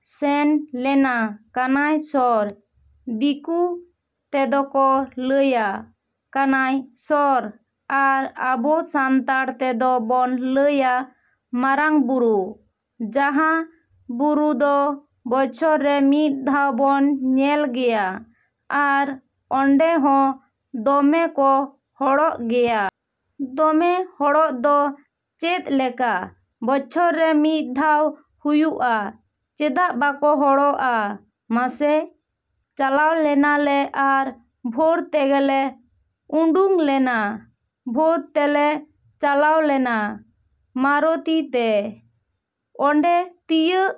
ᱥᱮᱱ ᱞᱮᱱᱟ ᱠᱟᱱᱟᱭ ᱥᱚᱨ᱾ ᱫᱤᱠᱩ ᱛᱮᱫᱚᱠᱚ ᱞᱟᱹᱭᱟ ᱠᱟᱱᱟᱭ ᱥᱚᱨ ᱟᱨ ᱟᱵᱚ ᱥᱟᱱᱛᱟᱲ ᱛᱮᱫᱚ ᱵᱚᱱ ᱞᱟᱹᱭᱟ ᱢᱟᱨᱟᱝ ᱵᱩᱨᱩ᱾ ᱡᱟᱦᱟᱸ ᱵᱩᱨᱩ ᱫᱚ ᱵᱚᱪᱷᱚᱨ ᱨᱮ ᱢᱤᱫ ᱫᱷᱟᱣ ᱵᱚᱱ ᱧᱮᱞ ᱜᱮᱭᱟ᱾ ᱟᱨ ᱚᱸᱰᱮ ᱦᱚᱸ ᱫᱚᱢᱮ ᱠᱚ ᱦᱚᱲᱚᱜ ᱜᱮᱭᱟ᱾ ᱫᱚᱢᱮ ᱦᱚᱲᱚᱜ ᱫᱚ ᱪᱮᱫ ᱞᱮᱠᱟ, ᱵᱚᱪᱷᱚᱨ ᱨᱮ ᱢᱤᱫ ᱫᱷᱟᱣ ᱦᱩᱭᱩᱜᱼᱟ, ᱪᱮᱫᱟᱜ ᱵᱟᱠᱚ ᱦᱚᱲᱚᱜᱼᱟ ᱢᱟᱥᱮ? ᱪᱟᱞᱟᱣᱞᱮᱱᱟᱞᱮ ᱟᱨ ᱵᱷᱳᱨ ᱛᱮᱜᱮᱞᱮ ᱩᱰᱩᱝ ᱞᱮᱱᱟ, ᱵᱷᱳᱨ ᱛᱮᱞᱮ ᱪᱟᱞᱟᱣ ᱞᱮᱱᱟ ᱢᱟᱨᱩᱛᱤ ᱛᱮ᱾ ᱚᱸᱰᱮ ᱛᱤᱭᱟᱹᱜ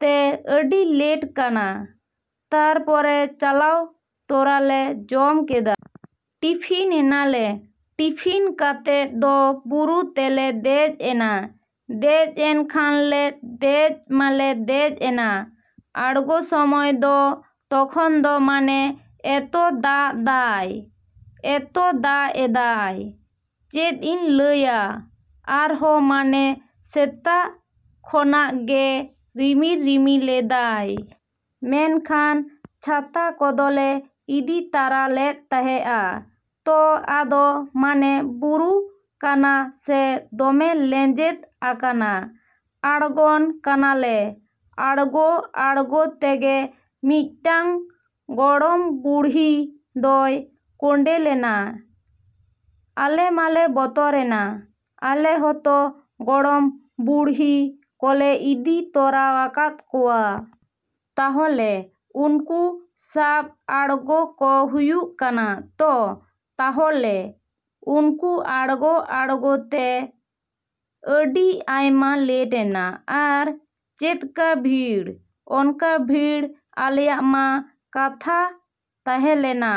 ᱛᱮ ᱟᱹᱰᱤ ᱞᱮᱴ ᱠᱟᱱᱟ᱾ᱛᱟᱨᱯᱚᱨᱮ ᱪᱟᱞᱟᱣ ᱛᱚᱨᱟᱞᱮ ᱡᱚᱢ ᱠᱮᱫᱟ᱾ ᱴᱤᱯᱷᱤᱱ ᱮᱱᱟᱞᱮ, ᱴᱤᱯᱷᱤᱱ ᱠᱟᱛᱮ ᱫᱚ ᱵᱩᱨᱩ ᱛᱮᱞᱮ ᱫᱮᱡ ᱮᱱᱟ᱾ ᱫᱮᱡ ᱮᱱ ᱠᱷᱟᱱᱞᱮ, ᱫᱮᱡ ᱢᱟᱞᱮ ᱫᱮᱡ ᱮᱱᱟ᱾ ᱟᱬᱜᱚ ᱥᱚᱢᱚᱭ ᱫᱚ ᱛᱚᱠᱷᱚᱱ ᱫᱚ ᱢᱟᱱᱮ ᱮᱛᱚ ᱫᱟᱜ ᱫᱟᱭ ᱮᱛᱚ ᱫᱟᱜ ᱮᱫᱟᱭ ᱪᱮᱫ ᱤᱧ ᱞᱟᱹᱭᱟ ᱟᱨᱦᱚᱸ ᱢᱟᱱᱮ ᱥᱮᱛᱟᱜ ᱠᱷᱚᱱᱟᱜ ᱜᱮ ᱨᱤᱢᱤᱞ ᱨᱤᱢᱤᱞ ᱮᱫᱟᱭ᱾ ᱢᱮᱱᱠᱷᱟᱱ ᱪᱷᱟᱛᱟ ᱠᱚᱫᱚᱞᱮ ᱤᱫᱤ ᱛᱟᱨᱟ ᱞᱮᱫ ᱛᱟᱦᱮᱸᱜᱼᱟ᱾ ᱛᱚ ᱟᱫᱚ ᱢᱟᱱᱮ ᱵᱩᱨᱩ ᱠᱟᱱᱟ ᱥᱮ ᱫᱚᱢᱮ ᱞᱮᱸᱡᱮᱫ ᱟᱠᱟᱱᱟ᱾ ᱟᱬᱜᱚᱱ ᱠᱟᱱᱟᱞᱮ, ᱟᱬᱜᱚ ᱟᱬᱜᱚ ᱛᱮᱜᱮ ᱢᱤᱫᱴᱟᱝ ᱜᱚᱲᱚᱢ ᱵᱩᱲᱦᱤ ᱫᱚᱭ ᱠᱚᱸᱰᱮᱞᱮᱱᱟ᱾ ᱟᱞᱮᱢᱟᱞᱮ ᱵᱚᱛᱚᱨᱮᱱᱟ᱾ ᱟᱞᱮ ᱦᱚᱸᱛᱚ ᱜᱚᱲᱚᱢ ᱵᱩᱲᱦᱤ ᱠᱚᱞᱮ ᱤᱫᱤ ᱛᱚᱨᱟ ᱟᱠᱟᱫ ᱠᱚᱣᱟ᱾ ᱛᱟᱦᱚᱞᱮ ᱩᱱᱠᱩ ᱥᱟᱵ ᱟᱬᱜᱚ ᱠᱚ ᱦᱩᱭᱩᱜ ᱠᱟᱱᱟ᱾ ᱛᱚ, ᱛᱟᱦᱚᱞᱮ ᱩᱱᱠᱩ ᱟᱬᱜᱚ ᱟᱬᱜᱚ ᱛᱮ ᱟᱹᱰᱤ ᱟᱭᱢᱟ ᱞᱮᱴᱮᱱᱟ᱾ ᱟᱨ ᱪᱮᱫᱠᱟ ᱵᱷᱤᱲ, ᱚᱱᱠᱟ ᱵᱷᱤᱲ ᱟᱞᱮᱭᱟᱜ ᱢᱟ ᱠᱟᱛᱷᱟ ᱛᱟᱦᱮᱞᱮᱱᱟ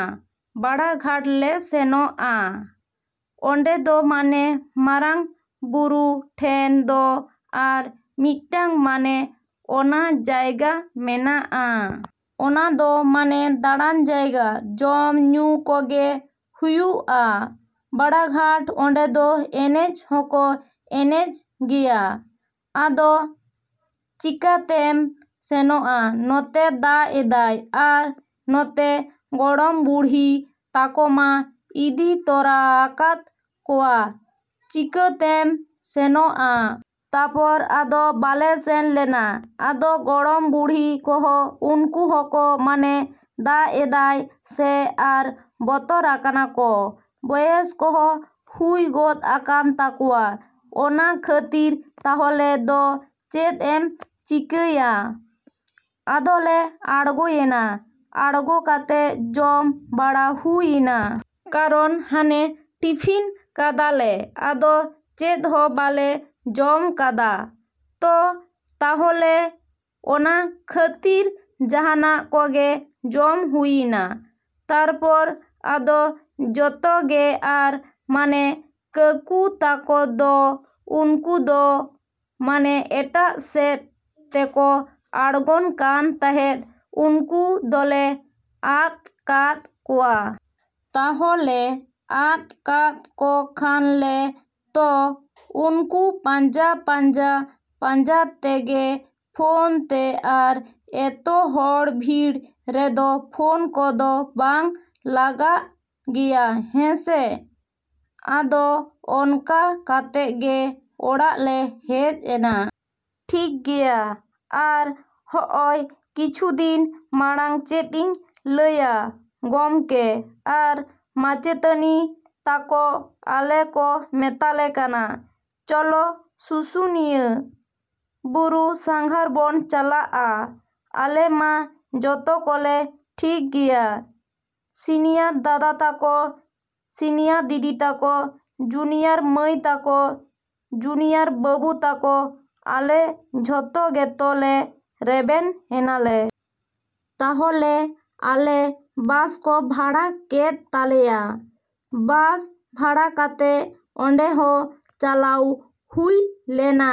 ᱵᱟᱲᱟ ᱜᱷᱟᱴ ᱞᱮ ᱥᱮᱱᱚᱜᱼᱟ᱾ ᱚᱸᱰᱮ ᱫᱚ ᱢᱟᱱᱮ ᱢᱟᱨᱟᱝ ᱵᱩᱨᱩ ᱴᱷᱮᱱ ᱫᱚ ᱟᱨ ᱢᱤᱫᱴᱟᱝ ᱢᱟᱱᱮ ᱚᱱᱟ ᱡᱟᱭᱜᱟ ᱢᱮᱱᱟᱜᱼᱟ᱾ ᱚᱱᱟ ᱫᱚ ᱢᱟᱱᱮ ᱫᱟᱬᱟᱱ ᱡᱟᱭᱜᱟ, ᱡᱚᱢ, ᱧᱩ ᱠᱚᱜᱮ ᱦᱩᱭᱩᱜᱼᱟ᱾ ᱵᱟᱲᱟᱜᱷᱟᱴ ᱚᱸᱰᱮ ᱫᱚ ᱮᱱᱮᱡ ᱦᱚᱸᱠᱚ ᱮᱱᱮᱡ ᱜᱮᱭᱟ᱾ ᱟᱫᱚ ᱪᱤᱠᱟᱛᱮᱢ ᱥᱮᱱᱚᱜᱼᱟ, ᱱᱚᱛᱮ ᱫᱟᱜ ᱮᱫᱟᱭ, ᱟᱨ ᱱᱚᱛᱮ ᱜᱚᱲᱚᱢ ᱵᱩᱲᱦᱤ ᱛᱟᱠᱚᱢᱟ ᱤᱫᱤ ᱛᱚᱨᱟ ᱟᱠᱟᱫ ᱠᱚᱣᱟ ᱪᱤᱠᱟᱹᱛᱮᱢ ᱥᱮᱱᱚᱜᱼᱟ? ᱛᱟᱯᱚᱨ ᱟᱫᱚ ᱵᱟᱞᱮ ᱥᱮᱱᱞᱮᱱᱟ᱾ ᱟᱫᱚ ᱜᱚᱲᱚᱢ ᱵᱩᱲᱦᱤ ᱠᱚᱦᱚᱸ ᱩᱱᱠᱩ ᱦᱚᱸᱠᱚ ᱢᱟᱱᱮ ᱫᱟᱜ ᱮᱫᱟᱭ ᱥᱮ ᱟᱨ ᱵᱚᱛᱚᱨᱟᱠᱟᱱᱟᱠᱚ, ᱵᱚᱭᱮᱥ ᱠᱚᱦᱚᱸ ᱦᱩᱭ ᱜᱚᱫ ᱟᱠᱟᱱ ᱛᱟᱠᱚᱣᱟ᱾ ᱚᱱᱟ ᱠᱷᱟᱹᱛᱤᱨ ᱛᱟᱦᱚᱞᱮ ᱫᱚ ᱪᱮᱫ ᱮᱢ ᱪᱤᱠᱟᱹᱭᱟ ᱟᱫᱚᱞᱮ ᱟᱬᱜᱚᱭᱮᱱᱟ᱾ ᱟᱬᱜᱚ ᱠᱟᱛᱮ ᱡᱚᱢ ᱵᱟᱲᱟ ᱦᱩᱭᱮᱱᱟ᱾ ᱠᱟᱨᱚᱱ ᱦᱟᱱᱮ ᱴᱤᱯᱷᱤᱱ ᱠᱟᱫᱟᱞᱮ ᱟᱫᱚ ᱪᱮᱫ ᱦᱚᱸ ᱵᱟᱞᱮ ᱡᱚᱢ ᱠᱟᱫᱟ᱾ ᱛᱚ, ᱛᱟᱦᱚᱞᱮ ᱚᱱᱟ ᱠᱷᱟᱹᱛᱤᱨ ᱡᱟᱦᱟᱱᱟᱜ ᱠᱚᱜᱮ ᱡᱚᱢ ᱦᱩᱭᱮᱱᱟ᱾ ᱛᱟᱨᱯᱚᱨ ᱟᱫᱚ ᱡᱚᱛᱚ ᱜᱮ ᱟᱨ ᱢᱟᱱᱮ ᱠᱟᱠᱩ ᱛᱟᱠᱚ ᱫᱚ ᱩᱱᱠᱩ ᱫᱚ ᱢᱟᱱᱮ ᱮᱴᱟᱜ ᱥᱮᱫ ᱛᱮᱠᱚ ᱟᱬᱜᱚᱱ ᱠᱟᱱ ᱛᱟᱸᱦᱮᱫ ᱩᱱᱠᱩ ᱫᱚᱞᱮ ᱟᱫ ᱠᱟᱫ ᱠᱚᱣᱟ᱾ ᱛᱟᱦᱚᱞᱮ ᱟᱫ ᱠᱟᱜ ᱠᱚ ᱠᱷᱟᱱ ᱞᱮ, ᱛᱚ, ᱩᱱᱠᱩ ᱯᱟᱸᱡᱟ, ᱯᱟᱸᱡᱟ, ᱯᱟᱸᱡᱟ ᱛᱮᱜᱮ ᱯᱷᱳᱱ ᱛᱮ, ᱟᱨ ᱮᱛᱚ ᱦᱚᱲ ᱵᱷᱤᱲ ᱨᱮᱫᱚ ᱯᱷᱳᱱ ᱠᱚᱫᱚ ᱵᱟᱝ ᱞᱟᱜᱟᱜ ᱜᱮᱭᱟ ᱦᱮᱸᱥᱮ᱾ ᱟᱫᱚ ᱚᱱᱠᱟ ᱠᱟᱛᱮ ᱜᱮ ᱚᱲᱟᱜ ᱞᱮ ᱦᱮᱡ ᱮᱱᱟ᱾ ᱴᱷᱤᱠ ᱜᱮᱭᱟ᱾ ᱟᱨ ᱦᱚᱸᱜ ᱚᱭ ᱠᱤᱪᱷᱩ ᱫᱤᱱ ᱢᱟᱲᱟᱝ ᱪᱮᱫ ᱤᱧ ᱞᱟᱹᱭᱟ ᱜᱚᱢᱠᱮ ᱟᱨ ᱢᱟᱪᱮᱛᱟᱹᱱᱤ ᱛᱟᱠᱚ ᱟᱞᱮ ᱠᱚ ᱢᱮᱛᱟᱞᱮ ᱠᱟᱱᱟ ᱪᱚᱞᱚ ᱥᱩᱥᱩᱱᱤᱭᱟᱹ ᱵᱩᱨᱩ ᱥᱟᱸᱜᱷᱟᱨ ᱵᱚᱱ ᱪᱟᱞᱟᱜᱼᱟ᱾ ᱟᱞᱮ ᱢᱟ ᱡᱚᱛᱚ ᱠᱚᱞᱮ ᱴᱷᱤᱠᱜᱮᱭᱟ ᱥᱤᱱᱤᱭᱟᱨ ᱫᱟᱫᱟ ᱛᱟᱠᱚ, ᱥᱤᱱᱤᱭᱟᱨ ᱫᱤᱫᱤ ᱛᱟᱠᱚ, ᱡᱩᱱᱤᱭᱟᱨ ᱢᱟᱹᱭ ᱛᱟᱠᱚ, ᱡᱩᱱᱤᱭᱟᱨ ᱵᱟᱹᱵᱩ ᱛᱟᱠᱚ ᱟᱞᱮ ᱡᱷᱚᱛᱚ ᱜᱮᱛᱚ ᱞᱮ ᱨᱮᱵᱮᱱ ᱮᱱᱟᱞᱮ᱾ ᱛᱟᱦᱚᱞᱮ ᱟᱞᱮ ᱵᱟᱥ ᱠᱚ ᱵᱷᱟᱲᱟ ᱠᱮᱫ ᱛᱟᱞᱮᱭᱟ᱾ ᱵᱟᱥ ᱵᱷᱟᱲᱟ ᱠᱟᱛᱮ ᱚᱸᱰᱮ ᱦᱚᱸ ᱪᱟᱞᱟᱣ ᱦᱩᱭᱞᱮᱱᱟ